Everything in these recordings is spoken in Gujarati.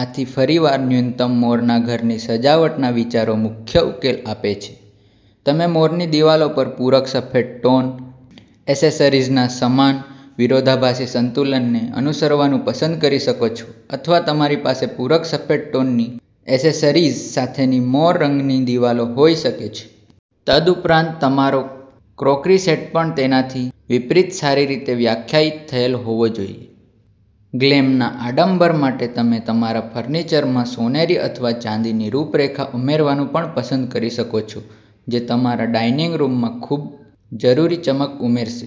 આથી, ફરીવાર, ન્યૂનતમ મોરના ઘરની સજાવટના વિચારો મુખ્ય ઉકેલ આપે છે. તમે મોરની દિવાલો અને પૂરક સફેદ ટોન એસેસરીઝના સમાન વિરોધાભાસી સંતુલનને અનુસરવાનું પસંદ કરી શકો છો અથવા તમારી પાસે પૂરક સફેદ ટોનની એસેસરીઝ સાથેની મોર રંગની દિવાલો હોઈ શકે છે. તદુપરાંત, તમારો ક્રોકરી સેટ પણ તેનાથી વિપરીત સારી રીતે વ્યાખ્યાયિત થયેલ હોવો જોઈએ. ગ્લેમના આડંબર માટે, તમે તમારા ફર્નિચરમાં સોનેરી અથવા ચાંદીની રૂપરેખા ઉમેરવાનું પણ પસંદ કરી શકો છો જે તમારા ડાઇનિંગ રૂમમાં ખૂબજરૂરી ચમક ઉમેરશે.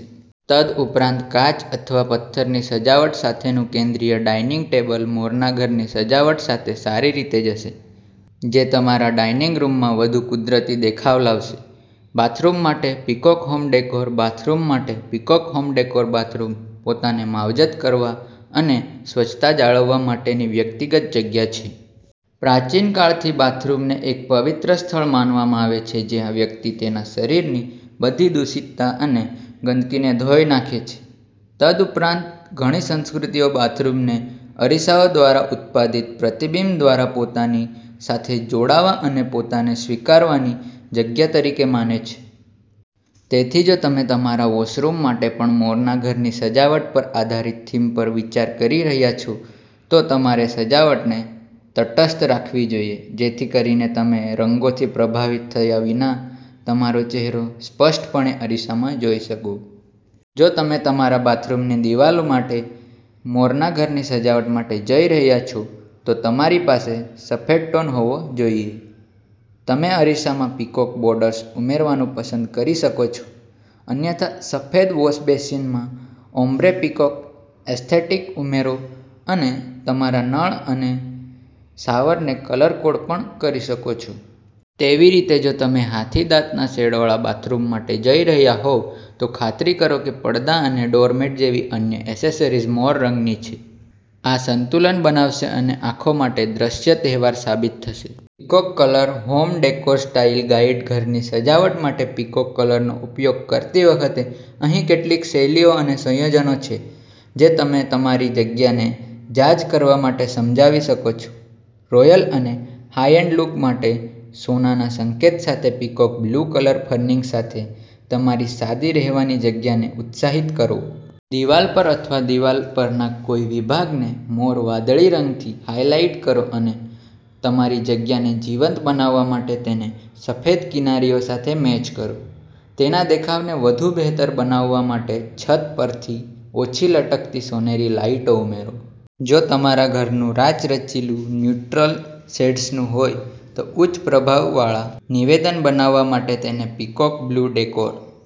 તદુપરાંત, કાચ અથવા પથ્થરની સજાવટ સાથેનું કેન્દ્રિય ડાઇનિંગ ટેબલ મોરના ઘરની સજાવટ સાથે સારી રીતે જશે, જે તમારા ડાઇનિંગ રૂમમાં વધુ કુદરતી દેખાવ લાવશે. બાથરૂમ માટે પીકોક હોમ ડેકોર બાથરૂમ માટે પીકોક હોમ ડેકોર બાથરૂમ પોતાને માવજત કરવા અને સ્વચ્છતા જાળવવા માટેની વ્યક્તિગત જગ્યા છે. પ્રાચીન કાળથી, બાથરૂમને એક પવિત્ર સ્થળ માનવામાં આવે છે જ્યાં વ્યક્તિ તેના શરીરની બધી દૂષિતતા અને ગંદકીને ધોઈ નાખે છે. તદુપરાંત, ઘણી સંસ્કૃતિઓ બાથરૂમને અરીસાઓ દ્વારા ઉત્પાદિત પ્રતિબિંબ દ્વારા પોતાની સાથે જોડાવા અને પોતાને સ્વીકારવાની જગ્યા તરીકે માને છે. તેથી, જો તમે તમારા વૉશરૂમ માટે પણ મોરનાં ઘરની સજાવટ પર આધારિત થીમ પર વિચાર કરી રહ્યાં છો, તો તમારે સજાવટને તટસ્થ રાખવી જોઈએ જેથી કરીને તમે રંગોથી પ્રભાવિત થયા વિના તમારો ચહેરો સ્પષ્ટપણે અરીસામાં જોઈ શકો. જો તમે તમારા બાથરૂમની દિવાલો માટે મોરનાં ઘરની સજાવટ માટે જઈ રહ્યાં છો, તો તમારી પાસે સફેદ ટોન હોવો જોઈએ. તમે અરીસામાં પીકોક બોર્ડર્સ ઉમેરવાનું પસંદ કરી શકો છો, અન્યથા સફેદ વૉશબેસિનમાં ઓમ્બ્રે પીકોક એસ્થેટિક ઉમેરો અને તમારા નળ અને શાવરને કલર-કોડ પણ કરી શકો છો. તેવીરીતે, જો તમે હાથીદાંતના શેડવાળા બાથરૂમ માટે જઈ રહ્યાં હોવ, તો ખાતરી કરો કે પડદા અને ડોરમેટ જેવી અન્ય એસેસરીઝ મોર રંગની છે. આ સંતુલન બનાવશે અને આંખો માટે દ્રશ્ય તહેવાર સાબિત થશે. Peacock colour home decor style guide ઘરની સજાવટ માટે પીકોક કલરનો ઉપયોગ કરતી વખતે, અહીં કેટલીક શૈલીઓ અને સંયોજનો છે જે તમે તમારી જગ્યાને જાઝ કરવા માટે સમાવી શકો છો. રોયલ અને હાઇ-એન્ડ લુક માટે સોનાના સંકેત સાથે પીકોક બ્લુ કલર ફર્નિશિંગ સાથે તમારી સાદી રહેવાની જગ્યાને ઉત્સાહિત કરો. દિવાલ પર અથવા દિવાલ પરના કોઈ વિભાગને મોર વાદળી રંગથી હાઇલાઇટ કરો અને તમારી જગ્યાને જીવંત બનાવવા માટે તેને સફેદ કિનારીઓ સાથે મેચ કરો. તેના દેખાવને વધુ બહેતર બનાવવા માટે છત પરથી ઓછી લટકતી સોનેરી લાઇટો ઉમેરો. જો તમારા ઘરનું રાચરચીલું ન્યુટ્રલ શેડ્સનું હોય, તો ઉચ્ચ પ્રભાવવાળા નિવેદન બનાવવા માટે તેને પીકોક બ્લુ ડેકોર